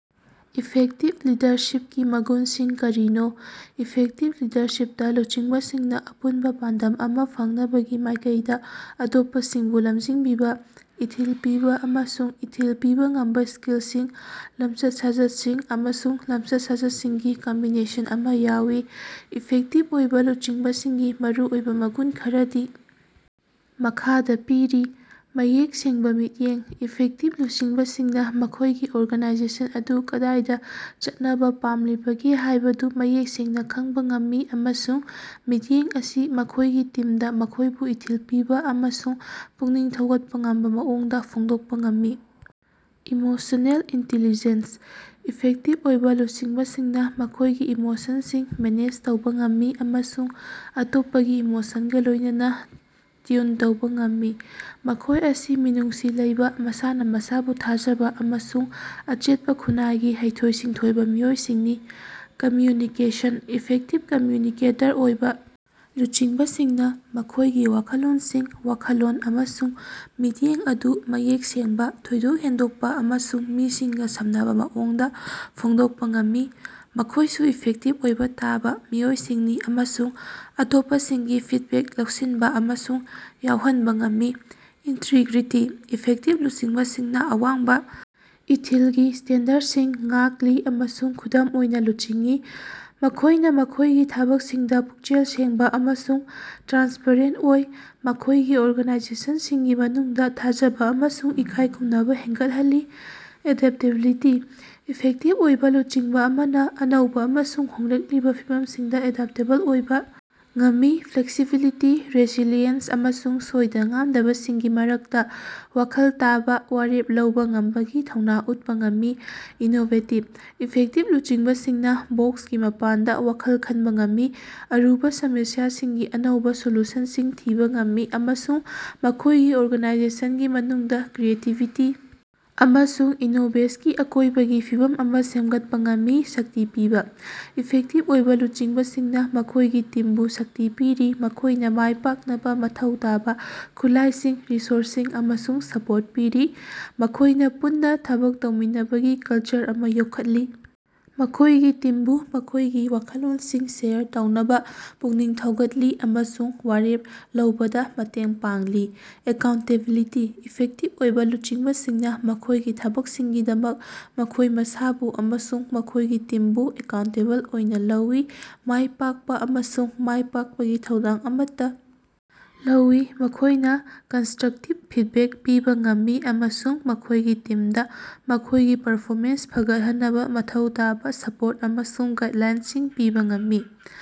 Effective ꯂꯤꯗꯔꯁꯤꯞꯀꯤ ꯃꯒꯨꯟꯁꯤꯡ ꯀꯔꯤꯅꯣ? ꯏꯐꯦꯛꯇꯤꯕ ꯂꯤꯗꯔꯁꯤꯄꯇꯥ ꯂꯨꯆꯤꯡꯕꯁꯤꯡꯅꯥ ꯑꯄꯨꯟꯕꯥ ꯄꯥꯟꯗꯝ ꯑꯃꯥ ꯐꯪꯅꯕꯒꯤ ꯃꯥꯏꯀꯩꯗꯥ ꯑꯇꯣꯞꯄꯁꯤꯡꯕꯨ ꯂꯝꯖꯤꯡꯕꯤꯕꯥ, ꯏꯊꯤꯜ ꯄꯤꯕꯥ ꯑꯃꯁꯨꯡ ꯏꯊꯤꯜ ꯄꯤꯕꯥ ꯉꯝꯕꯥ ꯁ꯭ꯀꯤꯜꯁꯤꯡ, ꯂꯝꯆꯠ-ꯁꯥꯖꯠꯁꯤꯡ ꯑꯃꯁꯨꯡ ꯂꯝꯆꯠ-ꯁꯥꯖꯠꯁꯤꯡꯒꯤ ꯀꯝꯕꯤꯅꯦꯁꯟ ꯑꯃꯥ ꯌꯥꯎꯏ꯫ ꯏꯐꯦꯛꯇꯤꯕ ꯑꯣꯏꯕꯥ ꯂꯨꯆꯤꯡꯕꯁꯤꯡꯒꯤ ꯃꯔꯨꯑꯣꯏꯕꯥ ꯃꯒꯨꯟ ꯈꯔꯗꯤ ꯃꯈꯥꯗꯥ ꯄꯤꯔꯤ: ꯃꯌꯦꯛ ꯁꯦꯡꯕꯥ ꯃꯤꯠꯌꯦꯡ: ꯏꯐꯦꯛꯇꯤꯕ ꯂꯨꯆꯤꯡꯕꯁꯤꯡꯅꯥ ꯃꯈꯣꯏꯒꯤ ꯑꯣꯔꯒꯅꯥꯏꯖꯦꯁꯟ ꯑꯗꯨ ꯀꯗꯥꯏꯗꯥ ꯆꯠꯅꯕꯥ ꯄꯥꯝꯂꯤꯕꯒꯦ ꯍꯥꯏꯕꯗꯨ ꯃꯌꯦꯛ ꯁꯦꯡꯅꯥ ꯈꯪꯕꯥ ꯉꯝꯃꯤ ꯑꯃꯁꯨꯡ ꯃꯤꯠꯌꯦꯡ ꯑꯁꯤ ꯃꯈꯣꯏꯒꯤ ꯇꯤꯝꯗꯥ ꯃꯈꯣꯏꯕꯨ ꯏꯊꯤꯜ ꯄꯤꯕꯥ ꯑꯃꯁꯨꯡ ꯄꯨꯛꯅꯤꯡ ꯊꯧꯒꯠꯄꯥ ꯉꯝꯕꯥ ꯃꯑꯣꯡꯗꯥ ꯐꯣꯡꯗꯣꯛꯄꯥ ꯉꯝꯃꯤ꯫ ꯏꯃꯣꯁꯅꯦꯜ ꯏꯟꯇꯦꯂꯤꯖꯦꯟꯁ: ꯏꯐꯦꯛꯇꯤꯕ ꯑꯣꯏꯕꯥ ꯂꯨꯆꯤꯡꯕꯁꯤꯡꯅꯥ ꯃꯈꯣꯏꯒꯤ ꯏꯃꯣꯁꯟꯁꯤꯡ ꯃꯦꯅꯦꯖ ꯇꯧꯕꯥ ꯉꯝꯃꯤ ꯑꯃꯁꯨꯡ ꯑꯇꯣꯞꯄꯒꯤ ꯏꯃꯣꯁꯟꯒꯥ ꯂꯣꯏꯅꯅꯥ ꯇ꯭ꯌꯨꯟ ꯇꯧꯕꯥ ꯉꯝꯃꯤ꯫ ꯃꯈꯣꯏ ꯑꯁꯤ ꯃꯤꯅꯨꯡꯁꯤ ꯂꯩꯕꯥ, ꯃꯁꯥꯅꯥ ꯃꯁꯥꯕꯨ ꯊꯥꯖꯕꯥ ꯑꯃꯁꯨꯡ ꯑꯆꯦꯠꯄꯥ ꯈꯨꯟꯅꯥꯏꯒꯤ ꯍꯩꯊꯣꯏ-ꯁꯤꯡꯊꯣꯏꯕꯥ ꯃꯤꯑꯣꯏꯁꯤꯡꯅꯤ꯫ ꯀꯝꯃꯌꯨꯅꯤꯀꯦꯁꯟ: ꯏꯐꯦꯛꯇꯤꯕ ꯀꯝꯃꯌꯨꯅꯤꯀꯦꯇꯔ ꯑꯣꯏꯕꯥ ꯂꯨꯆꯤꯡꯕꯁꯤꯡꯅꯥ ꯃꯈꯣꯏꯒꯤ ꯋꯥꯈꯜꯂꯣꯟꯁꯤꯡ, ꯋꯥꯈꯜꯂꯣꯟ ꯑꯃꯁꯨꯡ ꯃꯤꯠꯌꯦꯡ ꯑꯗꯨ ꯃꯌꯦꯛ ꯁꯦꯡꯕꯥ, ꯊꯣꯏꯗꯣꯛ ꯍꯦꯟꯗꯣꯛꯄꯥ ꯑꯃꯁꯨꯡ ꯃꯤꯁꯤꯡꯒꯥ ꯁꯝꯅꯕꯥ ꯃꯑꯣꯡꯗꯥ ꯐꯣꯡꯗꯣꯛꯄꯥ ꯉꯝꯃꯤ꯫ ꯃꯈꯣꯏꯁꯨ ꯏꯐꯦꯛꯇꯤꯕ ꯑꯣꯏꯕꯥ ꯇꯥꯕꯥ ꯃꯤꯑꯣꯏꯁꯤꯡꯅꯤ ꯑꯃꯁꯨꯡ ꯑꯇꯣꯞꯄꯁꯤꯡꯒꯤ ꯐꯤꯗꯕꯦꯛ ꯂꯧꯁꯤꯟꯕꯥ ꯑꯃꯁꯨꯡ ꯌꯥꯎꯍꯟꯕꯥ ꯉꯝꯃꯤ꯫ ꯏꯟꯇꯔꯤꯒ꯭ꯔꯤꯇꯤ: ꯏꯐꯦꯛꯇꯤꯕ ꯂꯨꯆꯤꯡꯕꯁꯤꯡꯅꯥ ꯑꯋꯥꯡꯕꯥ ꯏꯊꯤꯜꯒꯤ ꯁ꯭ꯇꯦꯟꯗꯔꯗꯁꯤꯡ ꯉꯥꯛꯂꯤ ꯑꯃꯁꯨꯡ ꯈꯨꯗꯝ ꯑꯣꯏꯅꯥ ꯂꯨꯆꯤꯡꯏ꯫ ꯃꯈꯣꯏꯅꯥ ꯃꯈꯣꯏꯒꯤ ꯊꯕꯛꯁꯤꯡꯗꯥ ꯄꯨꯛꯆꯦꯜ ꯁꯦꯡꯕꯥ ꯑꯃꯁꯨꯡ ꯇ꯭ꯔꯥꯟꯁꯄꯔꯦꯟꯇ ꯑꯣꯏ, ꯃꯈꯣꯏꯒꯤ ꯑꯣꯔꯒꯅꯥꯏꯖꯦꯁꯟꯒꯤ ꯃꯅꯨꯡꯗꯥ ꯊꯥꯖꯕꯥ ꯑꯃꯁꯨꯡ ꯏꯀꯥꯏꯈꯨꯝꯅꯕꯥ ꯍꯦꯟꯒꯠꯍꯜꯂꯤ꯫ ꯑꯦꯗꯞꯇꯦꯕꯤꯂꯤꯇꯤ: ꯏꯐꯦꯛꯇꯤꯕ ꯑꯣꯏꯕꯥ ꯂꯨꯆꯤꯡꯕꯥ ꯑꯃꯅꯥ ꯑꯅꯧꯕꯥ ꯑꯃꯁꯨꯡ ꯍꯣꯡꯂꯛꯂꯤꯕꯥ ꯐꯤꯚꯝꯁꯤꯡꯗꯥ ꯑꯦꯗꯞꯇꯦꯕꯜ ꯑꯣꯏꯕꯥ ꯉꯝꯃꯤ, ꯐ꯭ꯂꯦꯛꯁꯤꯕꯤꯂꯤꯇꯤ, ꯔꯦꯁꯤꯂꯤꯌꯦꯟꯁ ꯑꯃꯁꯨꯡ ꯁꯣꯏꯗ-ꯉꯥꯝꯗꯕꯁꯤꯡꯒꯤ ꯃꯔꯛꯇꯥ ꯋꯥꯈꯜ ꯇꯥꯕꯥ ꯋꯥꯔꯦꯞ ꯂꯧꯕꯥ ꯉꯝꯕꯒꯤ ꯊꯧꯅꯥ ꯎꯠꯄꯥ ꯉꯝꯃꯤ꯫ ꯏꯅꯣꯕꯦꯇꯤꯕ: ꯏꯐꯦꯛꯇꯤꯕ ꯂꯨꯆꯤꯡꯕꯁꯤꯡꯅꯥ ꯕꯣꯛꯁꯀꯤ ꯃꯄꯥꯟꯗꯥ ꯋꯥꯈꯜ ꯈꯟꯕꯥ ꯉꯝꯃꯤ, ꯑꯔꯨꯕꯥ ꯁꯃꯁ꯭ꯌꯥꯁꯤꯡꯒꯤ ꯑꯅꯧꯕꯥ ꯁꯣꯂꯨꯁꯟꯁꯤꯡ ꯊꯤꯕꯥ ꯉꯝꯃꯤ ꯑꯃꯁꯨꯡ ꯃꯈꯣꯏꯒꯤ ꯑꯣꯔꯒꯅꯥꯏꯖꯦꯁꯟꯒꯤ ꯃꯅꯨꯡꯗꯥ ꯀ꯭ꯔꯤꯌꯦꯇꯤꯕꯤꯇꯤ ꯑꯃꯁꯨꯡ ꯏꯅꯣꯕꯦꯁꯀꯤ ꯑꯀꯣꯏꯕꯒꯤ ꯐꯤꯕꯝ ꯑꯃꯥ ꯁꯦꯝꯒꯠꯄꯥ ꯉꯝꯃꯤ꯫ ꯁꯛꯇꯤ ꯄꯤꯕꯥ: ꯏꯐꯦꯛꯇꯤꯕ ꯑꯣꯏꯕꯥ ꯂꯨꯆꯤꯡꯕꯁꯤꯡꯅꯥ ꯃꯈꯣꯏꯒꯤ ꯇꯤꯝꯕꯨ ꯁꯛꯇꯤ ꯄꯤꯔꯤ, ꯃꯈꯣꯏꯅꯥ ꯃꯥꯏ ꯄꯥꯛꯅꯕꯥ ꯃꯊꯧ ꯇꯥꯕꯥ ꯈꯨꯠꯂꯥꯏꯁꯤꯡ, ꯔꯤꯁꯣꯔꯁꯁꯤꯡ ꯑꯃꯁꯨꯡ ꯁꯄꯣꯔꯠ ꯄꯤꯔꯤ꯫ ꯃꯈꯣꯏꯅꯥ ꯄꯨꯟꯅꯥ ꯊꯕꯛ ꯇꯧꯃꯤꯟꯅꯕꯒꯤ ꯀꯜꯆꯔ ꯑꯃꯥ ꯌꯣꯛꯈꯠꯂꯤ, ꯃꯈꯣꯏꯒꯤ ꯇꯤꯝꯕꯨ ꯃꯈꯣꯏꯒꯤ ꯋꯥꯈꯜꯂꯣꯟꯁꯤꯡ ꯁꯦꯌꯔ ꯇꯧꯅꯕꯥ ꯄꯨꯛꯅꯤꯡ ꯊꯧꯒꯠꯂꯤ ꯑꯃꯁꯨꯡ ꯋꯥꯔꯦꯞ ꯂꯧꯕꯗꯥ ꯃꯇꯦꯡ ꯄꯥꯡꯂꯤ꯫ ꯑꯦꯀꯥꯎꯟꯇꯦꯕꯤꯂꯤꯇꯤ: ꯏꯐꯦꯛꯇꯤꯕ ꯑꯣꯏꯕꯥ ꯂꯨꯆꯤꯡꯕꯁꯤꯡꯅꯥ ꯃꯈꯣꯏꯒꯤ ꯊꯕꯛꯁꯤꯡꯒꯤꯗꯃꯛ ꯃꯈꯣꯏ ꯃꯁꯥꯕꯨ ꯑꯃꯁꯨꯡ ꯃꯈꯣꯏꯒꯤ ꯇꯤꯝꯕꯨ ꯑꯦꯀꯥꯎꯟꯇꯦꯕꯜ ꯑꯣꯏꯅꯥ ꯂꯧꯏ, ꯃꯥꯏ ꯄꯥꯛꯄꯥ ꯑꯃꯁꯨꯡ ꯃꯥꯏꯄꯥꯛꯄꯒꯤ ꯊꯧꯗꯥꯡ ꯑꯃꯠꯇꯥ ꯂꯧꯏ꯫ ꯃꯈꯣꯏꯅꯥ ꯀꯟꯁꯇꯔꯛꯇꯤꯕ ꯐꯤꯗꯕꯦꯛ ꯄꯤꯕꯥ ꯉꯝꯃꯤ ꯑꯃꯁꯨꯡ ꯃꯈꯣꯏꯒꯤ ꯇꯤꯝꯗꯥ ꯃꯈꯣꯏꯒꯤ ꯄꯔꯐꯣꯃꯦꯟꯁ ꯐꯒꯠꯍꯟꯅꯕꯥ ꯃꯊꯧ ꯇꯥꯕꯥ ꯁꯄꯣꯔꯠ ꯑꯃꯁꯨꯡ ꯒꯥꯏꯗꯂꯥꯏꯟꯁꯤꯡ ꯄꯤꯕꯥ ꯉꯝꯃꯤ꯫